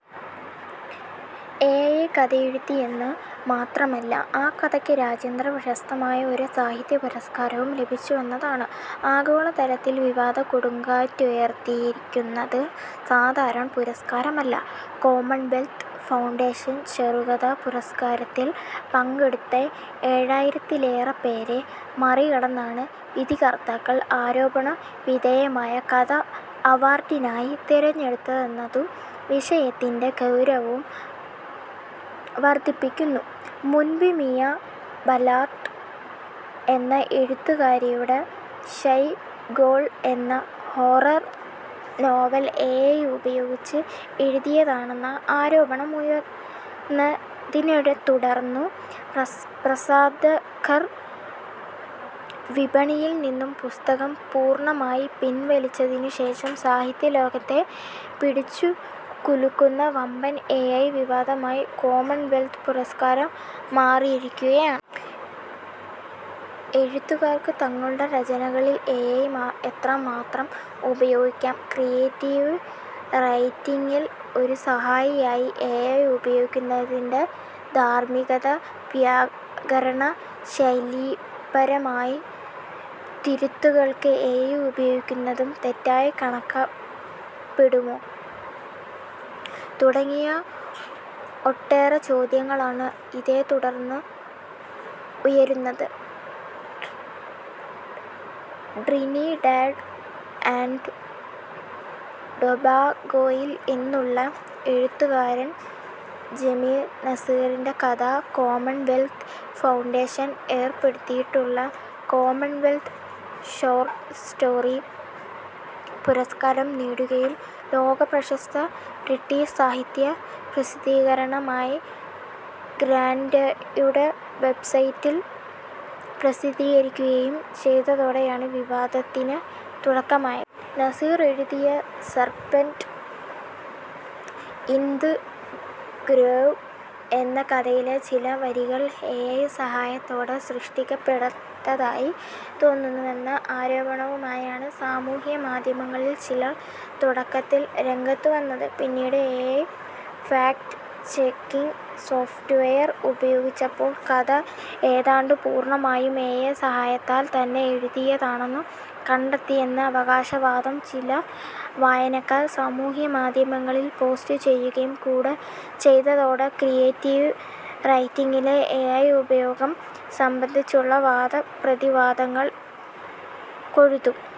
AI കഥയെഴുതിയെന്നു മാത്രമല്ല, ആ കഥയ്ക്ക് രാജ്യാന്തര പ്രശസ്തമായ ഒരു സാഹിത്യപുരസ്കാരവും ലഭിച്ചുവെന്നതാണ് ആഗോളതലത്തിൽ വിവാദക്കൊടുങ്കാറ്റുയർത്തിയിരിക്കുന്നത്. സാധാരണ പുരസ്കാരമല്ല, കോമൺവെൽത്ത് ഫൗണ്ടേഷൻ ചെറുകഥാ പുരസ്കാരത്തിൽ പങ്കെടുത്ത ഏഴായിരത്തിലേറെപ്പേരെ മറികടന്നാണ് വിധികർത്താക്കൾ ആരോപണവിധേയമായ കഥ അവാർഡിനായി തിരഞ്ഞെടുത്തതെന്നതും വിഷയത്തിന്റെ ഗൗരവം വർധിപ്പിക്കുന്നു. മുൻപ് മിയ ബലാർഡ് എന്ന എഴുത്തുകാരിയുടെ 'ഷൈ ഗേൾ' എന്ന ഹൊറർ നോവൽ എഐ ഉപയോഗിച്ച് എഴുതിയതാണെന്ന ആരോപണമുയർന്നതിനെത്തുടർന്നു പ്രസാധകർ വിപണിയിൽ നിന്നു പുസ്തകം പൂർണമായി പിൻവലിച്ചതിനു ശേഷം സാഹിത്യലോകത്തെ പിടിച്ചുകുലുക്കുന്ന വമ്പൻ എഐ വിവാദമായി കോമൺവെൽത്ത് പുരസ്കാരം മാറിയിരിക്കുകയാണ്. എഴുത്തുകാർക്ക് തങ്ങളുടെ രചനകളിൽ എഐ എത്രമാത്രം ഉപയോഗിക്കാം, ക്രിയേറ്റീവ് റൈറ്റിങ്ങിൽ ഒരു സഹായിയായി എഐ ഉപയോഗിക്കുന്നതിന്റെ ധാർമികത, വ്യാകരണ, ശൈലീപരമായ തിരുത്തുകൾക്ക് എഐ ഉപയോഗിക്കുന്നതും തെറ്റായി കണക്കാക്കപ്പെടുമോ തുടങ്ങിയ ഒട്ടേറെ ചോദ്യങ്ങളാണ് ഇതേത്തുടർന്ന് ഉയരുന്നത്. ട്രിനിഡാഡ് ആൻഡ് ടൊബാഗോയിൽ നിന്നുള്ള എഴുത്തുകാരൻ ജമീർ നസീറിന്റെ കഥ കോമൺവെൽത്ത് ഫൗണ്ടേഷൻ ഏർപ്പെടുത്തിയിട്ടുള്ള കോമൺവെൽത്ത് ഷോർട് സ്റ്റോറി പുരസ്കാരം നേടുകയും ലോക പ്രശസ്ത ബ്രിട്ടിഷ് സാഹിത്യ പ്രസിദ്ധീകരണമായ ഗ്രാൻറ്റയുടെ വെബ്സൈറ്റിൽ പ്രസിദ്ധീകരിക്കുകയും ചെയ്തതോടെയാണ് വിവാദത്തിന് തുടക്കമായത്. നസീർ എഴുതിയ 'സെർപെന്റ് ഇൻ ദ് ഗ്രോവ്' എന്ന കഥയിലെ ചില വരികൾ എഐ സഹായത്തോടെ സൃഷ്ടിക്കപ്പെട്ടതായി തോന്നുന്നുവെന്ന ആരോപണവുമായാണ് സമൂഹമാധ്യമങ്ങളിൽ ചിലർ തുടക്കത്തിൽ രംഗത്തുവന്നത്. പിന്നീട് എഐ ഫാക്ട് ചെക്കിങ് സോഫ്റ്റ്വെയർ ഉപയോഗിച്ചപ്പോൾ കഥ ഏതാണ്ടു പൂർണമായും എഐ സഹായത്താൽ തന്നെ എഴുതിയതാണെന്നു കണ്ടെത്തിയെന്ന അവകാശവാദം ചില വായനക്കാർ സമൂഹമാധ്യമങ്ങളിൽ പോസ്റ്റ് ചെയ്യുകയും കൂടി ചെയ്തതോടെ ക്രിയേറ്റീവ് റൈറ്റിങ്ങിലെ എഐ ഉപയോഗം സംബന്ധിച്ചുള്ള വാദപ്രതിവാദങ്ങൾ കൊഴുത്തു.